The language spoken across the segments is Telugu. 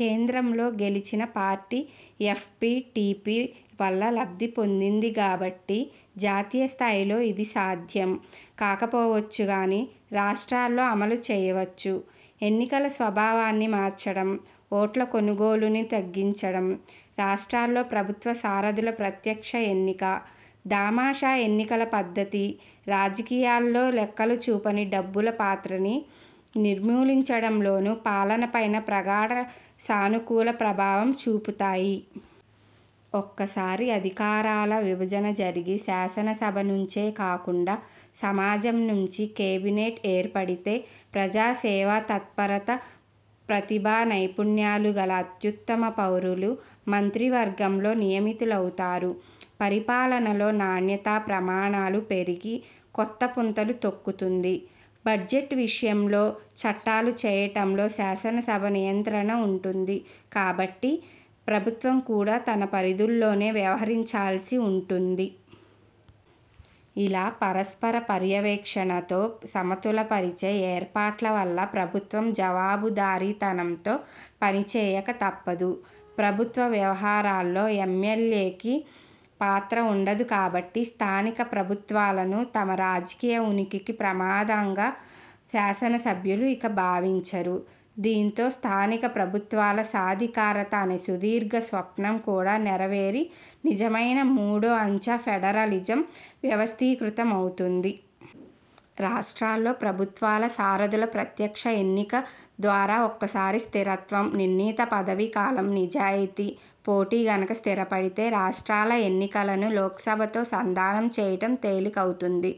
కేంద్రంలో గెలిచిన పార్టీ ఎఫ్పీటీపీ వల్ల లబ్ధి పొందింది గాబట్టి.. జాతీయస్థాయిలో ఇది సాధ్యం కాకపోవచ్చుగానీ, రాష్ట్రాల్లో అమలు చేయవచ్చు. ఎన్నికల స్వభావాన్ని మార్చటం, ఓట్లకొనుగోలుని తగ్గించటం, రాష్ట్రాల్లో ప్రభుత్వ సారథుల ప్రత్యక్ష ఎన్నిక, దామాషా ఎన్నికల పద్ధతి.. రాజకీయాల్లో లెక్కలు చూపని డబ్బుల పాత్రని నిర్మూలించటంలోనూ, పాలనపైనా ప్రగాఢ సానుకూల ప్రభావం చూపుతాయి. ఒక్కసారి అధికారాల విభజన జరిగి, శాసనసభ నుంచే కాకుండా సమాజం నుంచి కేబినెట్ ఏర్పడితే.. ప్రజాసేవాతత్పరత, ప్రతిభానైపుణ్యాలు గల అత్యుత్తమ పౌరులు మంత్రివర్గంలో నియమితులవుతారు. పరిపాలనలో నాణ్యతా ప్రమాణాలు పెరిగి కొత్త పుంతలు తొక్కుతుంది. బడ్జెట్ విషయంలో, చట్టాలు చేయటంలో శాసనసభ నియంత్రణ ఉంటుంది కాబట్టి ప్రభుత్వం కూడా తన పరిధుల్లోనే వ్యవహరించాల్సి ఉంటుంది. ఇలా పరస్పర పర్యవేక్షణతో సమతులపరిచే ఏర్పాట్ల వల్ల ప్రభుత్వం జవాబుదారీతనంతో పనిచేయక తప్పదు. ప్రభుత్వ వ్యవహారాల్లో ఎమ్మెల్యేకి పాత్ర ఉండదు కాబట్టి, స్థానిక ప్రభుత్వాలను తమ రాజకీయ ఉనికికి ప్రమాదంగా శాసనసభ్యులు ఇక భావించరు. దీంతో స్థానికప్రభుత్వాల సాధికారత అనే సుదీర్ఘ స్వప్నం కూడా నెరవేరి నిజమైన మూడో అంచె ఫెడరలిజం వ్యవస్థీకృతమవుతుంది. రాష్ట్రాల్లో ప్రభుత్వాల సారథుల ప్రత్యక్ష ఎన్నిక ద్వారా ఒక్కసారి స్థిరత్వం, నిర్ణీత పదవీకాలం, నిజాయతీ, పోటీ గనక స్థిరపడితే.. రాష్ట్రాల ఎన్నికలను లోక్సభతో సంధానం చేయటం తేలికవుతుంది.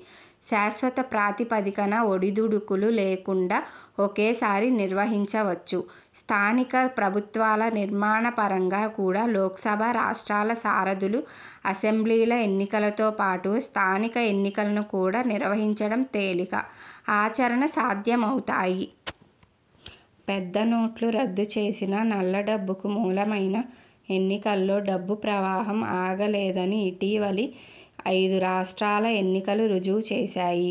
శాశ్వత ప్రాతిపదికన, ఒడిదుడుకులు లేకుండా ఒకేసారి నిర్వహించవచ్చు. స్థానిక ప్రభుత్వాల నిర్మాణపరంగా కూడా లోక్సభ, రాష్ట్రాల సారథులు, అసెంబ్లీల ఎన్నికలతో పాటు స్థానిక ఎన్నికలను కూడా నిర్వహించటం తేలిక, ఆచరణ సాధ్యమవుతాయి. పెద్ద నోట్లు రద్దు చేసినా నల్లడబ్బుకు మూలమైన ఎన్నికల్లో డబ్బు ప్రవాహం ఆగలేదని ఇటీవలి ఐదు రాష్ట్రాల ఎన్నికలు రుజువు చేశాయి.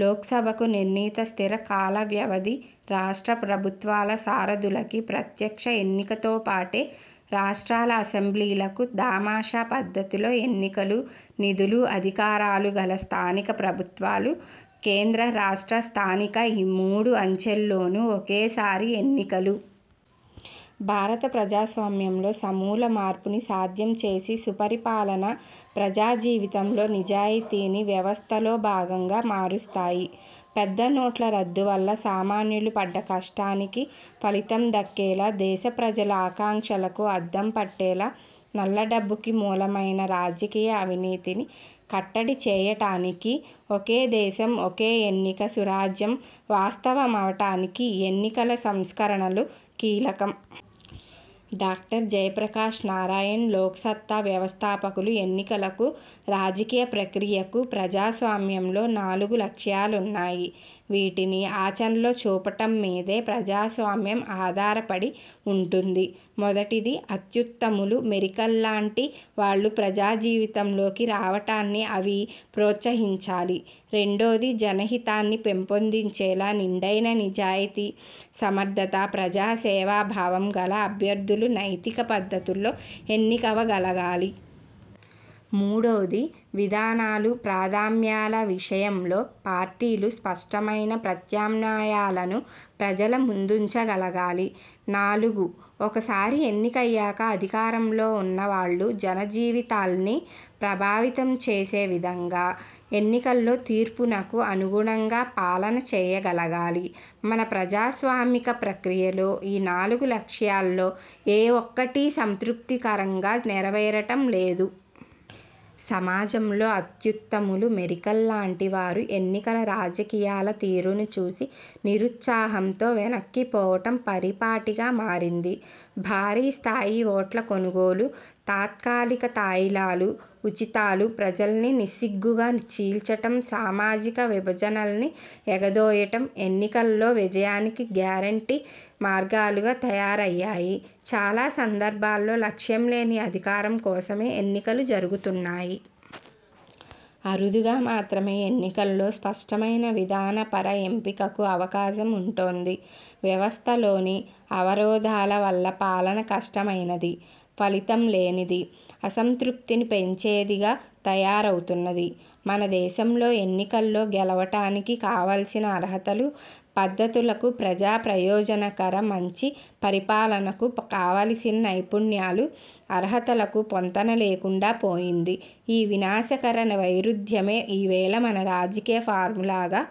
లోక్సభకు నిర్ణీత స్థిర కాలవ్యవధి, రాష్ట్ర ప్రభుత్వాల సారథులకి ప్రత్యక్ష ఎన్నికతోపాటే రాష్ట్రాల అసెంబ్లీలకు దామాషా పద్ధతిలో ఎన్నికలు, నిధులు, అధికారాలుగల స్థానిక ప్రభుత్వాలు, కేంద్ర – రాష్ట్ర – స్థానిక ఈ మూడు అంచెల్లోనూ ఒకేసారి ఎన్నికలు.. భారత ప్రజాస్వామ్యంలో సమూల మార్పుని సాధ్యం చేసి సుపరిపాలన, ప్రజాజీవితంలో నిజాయితీని వ్యవస్థలో భాగంగా మారుస్తాయి. పెద్ద నోట్ల రద్దువల్ల సామాన్యులు పడ్డ కష్టానికి ఫలితం దక్కేలా, దేశ ప్రజల ఆకాంక్షలకు అద్దం పట్టేలా నల్లడబ్బుకి మూలమైన రాజకీయ అవినీతిని కట్టడి చేయటానికి, 'ఒకే దేశం ఒకే ఎన్నిక సురాజ్యం' వాస్తవమవటానికి ఈ ఎన్నికల సంస్కరణలు కీలకం. డాక్టర్ జయప్రకాష్ నారాయణ్ లోక్సత్తా వ్యవస్థాపకులు ఎన్నికలకు, రాజకీయ ప్రక్రియకు ప్రజాస్వామ్యంలో నాలుగు లక్ష్యాలున్నాయి. వీటిని ఆచరణలో చూపటం మీదే ప్రజాస్వామ్యం ఆధారపడి వుంటుంది. మొదటిది, అత్యుత్తములు, మెరికల్లాంటి వాళ్లు ప్రజాజీవితంలోకి రావటాన్ని అవి ప్రోత్సహించాలి. రెండోది, జనహితాన్ని పెంపొందించేలా నిండైన నిజాయతీ, సమర్థత, ప్రజాసేవాభావం గల అభ్యర్థులు నైతిక పద్ధతుల్లో ఎన్నికవగలగాలి. మూడోది, విధానాలు, ప్రాధామ్యాల విషయంలో పార్టీలు స్పష్టమైన ప్రత్యామ్నాయాలను ప్రజల ముందుంచగలగాలి. నాలుగు, ఒక్కసారి ఎన్నికయ్యాక అధికారంలో ఉన్నవాళ్లు జనజీవితాల్ని ప్రభావితం చేసే విధంగా, ఎన్నికల్లో తీర్పునకు అనుగుణంగా పాలన చేయగలగాలి. మన ప్రజాస్వామిక ప్రక్రియలో ఈ నాలుగు లక్ష్యాల్లో ఏ ఒక్కటీ సంతృప్తికరంగా నెరవేరటం లేదు. సమాజంలో అత్యుత్తములు, మెరికల్లాంటివారు ఎన్నికల రాజకీయాల తీరును చూసి నిరుత్సాహంతో వెనక్కిపోవటం పరిపాటిగా మారింది. భారీస్థాయి ఓట్ల కొనుగోలు, తాత్కాలిక తాయిలాలు, ఉచితాలు, ప్రజల్ని నిస్సిగ్గుగా చీల్చటం, సామాజిక విభజనల్ని ఎగదోయటం ఎన్నికలలో విజయానికి గ్యారంటీ మార్గాలుగా తయారయ్యాయి. చాలా సందర్భాల్లో లక్ష్యంలేని అధికారం కోసమే ఎన్నికలు జరుగుతున్నాయి. అరుదుగా మాత్రమే ఎన్నికల్లో స్పష్టమైన విధానపర ఎంపికకు అవకాశం ఉంటోంది. వ్యవస్థలోని అవరోధాల వల్ల పాలన కష్టమైనది, ఫలితం లేనిది, అసంతృప్తిని పెంచేదిగా తయారవుతున్నది. మనదేశంలో ఎన్నికల్లో గెలవటానికి కావలసిన అర్హతలు, పద్ధతులకు– ప్రజా ప్రయోజనకర మంచి పరిపాలనకు కావలసిన నైపుణ్యాలు, అర్హతలకు పొంతన లేకుండా పోయింది. ఈ వినాశకర వైరుధ్యమే ఈవేళ మన రాజకీయ ఫార్ములాగా